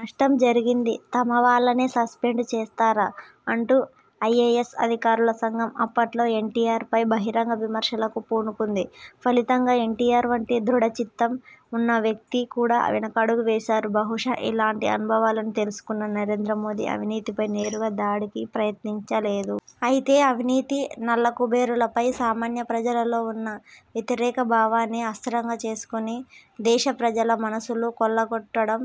నష్టం జరిగింది. తమ వాళ్లనే సస్పెండ్ చేస్తారా? అంటూ ఐఏఎస్ అధికారుల సంఘం అప్పట్లో ఎన్ టి ఆర్ పై బహిరంగ విమర్శలకు పూనుకుంది. ఫలితంగా ఎన్ టి ఆర్ వంటి దృఢచిత్తం ఉన్న వ్యక్తి కూడా వెనకడుగు వేశారు. బహుశా ఇలాంటి అనుభవాలను తెలుసుకున్న నరేంద్ర మోదీ అవినీతిపై నేరుగా దాడికి ప్రయత్నించలేదు. అయితే అవినీతి, నల్లకుబేరులపై సామాన్య ప్రజలలో ఉన్న వ్యతిరేక భావాన్ని అస్త్రంగా చేసుకుని దేశ ప్రజల మనస్సులు కొల్లగొట్టడం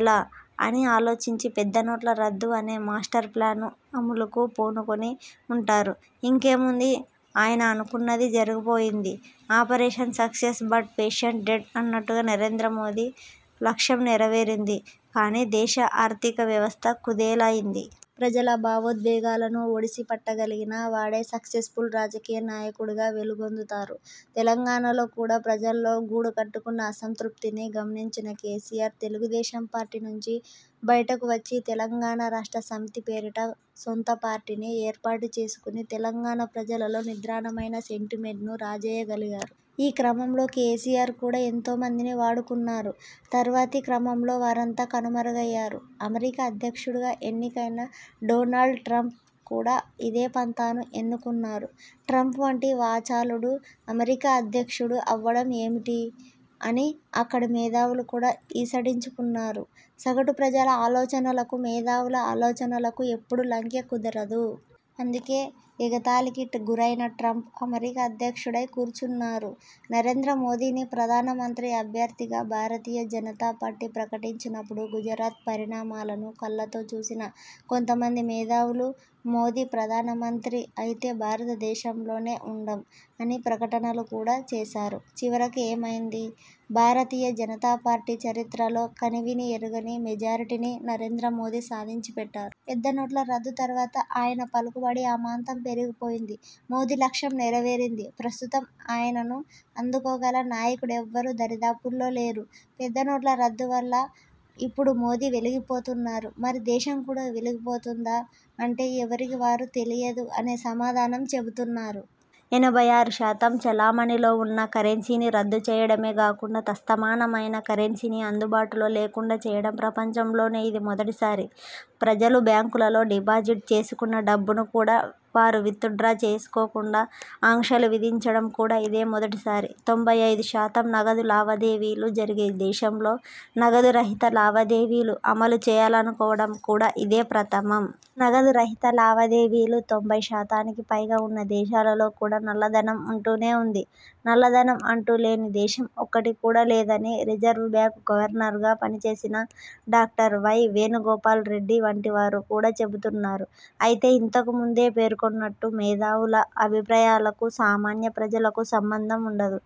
ఎలా? అని ఆలోచించి పెద్దనోట్ల రద్దు అనే మాస్టర్ ప్లాన్ అమలుకు పూనుకుని ఉంటారు. ఇంకేముంది ఆయన అనుకున్నది జరిగిపోయింది. Operation success but patient dead అన్నట్టుగా నరేంద్ర మోదీ లక్ష్యం నెరవేరింది గానీ దేశ ఆర్థిక వ్యవస్థ కుదేలయ్యింది. ప్రజల భావోద్వేగాలను ఒడిసి పట్టగలిగిన వాడే సక్సెస్ఫుల్ రాజకీయ నాయకుడిగా వెలుగొందుతారు. తెలంగాణలో కూడా ప్రజల్లో గూడు కట్టుకున్న అసంతృప్తిని గమనించిన కేసీఆర్, తెలుగుదేశం పార్టీ నుంచి బయటకు వచ్చి తెలంగాణ రాష్ట్ర సమితి పేరిట సొంత పార్టీని ఏర్పాటుచేసుకుని తెలంగాణ ప్రజలలో నిద్రాణమైన సెంటిమెంట్ను రాజేయగలిగారు. ఈ క్రమంలో కేసీఆర్ కూడా ఎంతో మందిని వాడుకున్నారు. తర్వాతి క్రమంలో వారంతా కనుమరుగయ్యారు. అమెరికా అధ్యక్షుడిగా ఎన్నికైన డొనాల్డ్ ట్రంప్ కూడా ఇదే పంథాను ఎన్నుకున్నారు. ట్రంప్ వంటి వాచాలుడు అమెరికా అధ్యక్షుడు అవ్వడం ఏమిటి? అని అక్కడి మేధావులు కూడా ఈసడించుకున్నారు. సగటు ప్రజల ఆలోచనలకు మేధావుల ఆలోచనలకు ఎప్పుడూ లంకె కుదరదు. అందుకే ఎగతాళికి గురైన ట్రంప్ అమెరికా అధ్యక్షుడై కూర్చున్నారు. నరేంద్ర మోదీని ప్రధానమంత్రి అభ్యర్థిగా భారతీయ జనతా పార్టీ ప్రకటించినప్పుడు గుజరాత్ పరిణామాలను కళ్లతో చూసిన కొంతమంది మేధావులు మోదీ ప్రధానమంత్రి అయితే 'భారతదేశంలోనే ఉండం' అని ప్రకటనలు కూడా చేశారు. చివరకు ఏమైంది? భారతీయ జనతా పార్టీ చరిత్రలో కనీవినీ ఎరుగని మెజారిటీని నరేంద్ర మోదీ సాధించిపెట్టారు. పెద్ద నోట్ల రద్దు తర్వాత ఆయన పలుకుబడి అమాంతం పెరిగిపోయింది. మోదీ లక్ష్యం నెరవేరింది. ప్రస్తుతం ఆయనను అందుకోగల నాయకుడెవ్వరూ దరిదాపుల్లో లేరు. పెద్ద నోట్ల రద్దు వల్ల ఇప్పుడు మోదీ వెలిగిపోతున్నారు. మరి దేశం కూడా వెలిగిపోతుందా? అంటే ఎవరికి వారు తెలియదు అనే సమాధానం చెబుతున్నారు. ఎనభై ఆరు శాతం చలామణిలో ఉన్న కరెన్సీని రద్దు చేయడమే కాకుండా తత్సమానమైన కరెన్సీని అందుబాటులో లేకుండా చేయడం ప్రపంచంలోనే ఇది మొదటిసారి. ప్రజలు బ్యాంకులలో డిపాజిట్ చేసుకున్న డబ్బును కూడా వారు విత్ డ్రా చేసుకోకుండా ఆంక్షలు విధించడం కూడా ఇదే మొదటిసారి. తొంభై ఐదు శాతం నగదు లావాదేవీలు జరిగే దేశంలో నగదు రహిత లావాదేవీలు అమలు చేయాలనుకోవడం కూడా ఇదే ప్రథమం. నగదు రహిత లావాదేవీలు తొంభై శాతానికి పైగా ఉన్న దేశాలలో కూడా నల్లధనం ఉంటూనే ఉంది. నల్లధనం అంటూ లేని దేశం ఒక్కటి కూడా లేదని రిజర్వ్ బ్యాంకు గవర్నర్గా పనిచేసిన డాక్టర్ వై. వేణుగోపాల్ రెడ్డి వంటి వారు కూడా చెబుతున్నారు. అయితే ఇంతకు ముందే పేర్కొన్నట్టు మేధావుల అభిప్రాయాలకు, సామాన్య ప్రజలకు సంబంధం ఉండదు.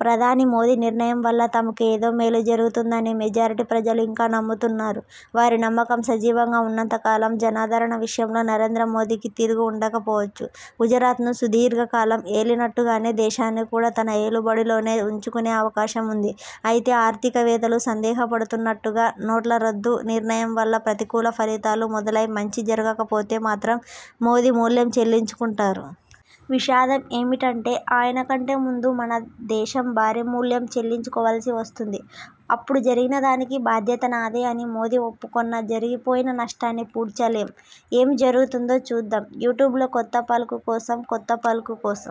ప్రధాని మోదీ నిర్ణయం వల్ల తమకు ఏదో మేలు జరుగుతుందని మెజారిటీ ప్రజలు ఇంకా నమ్ముతున్నారు. వారి నమ్మకం సజీవంగా ఉన్నంతకాలం జనాదరణ విషయంలో నరేంద్ర మోదీకి తిరుగు ఉండకపోవచ్చు. గుజరాత్ను సుదీర్ఘకాలం ఏలినట్టుగానే దేశాన్ని కూడా తన ఏలుబడిలోనే ఉంచుకునే అవకాశం ఉంది. అయితే ఆర్థికవేత్తలు సందేహపడుతున్నట్టుగా నోట్ల రద్దు నిర్ణయం వల్ల ప్రతికూల ఫలితాలు మొదలై మంచి జరగకపోతే మాత్రం మోదీ మూల్యం చెల్లించుకుంటారు. విషాదం ఏమిటంటే ఆయన కంటే ముందు మన దేశం భారీ మూల్యం చెల్లించుకోవలసి వస్తుంది. అప్పుడు జరిగినదానికి బాధ్యత నాదే అని మోదీ ఒప్పుకొన్నా జరిగిపోయిన నష్టాన్ని పూడ్చలేం. ఏమి జరుగుతుందో చూద్దాం! యూట్యూబ్లో 'కొత్త పలుకు' కోసం 'కొత్త పలుకు' కోసం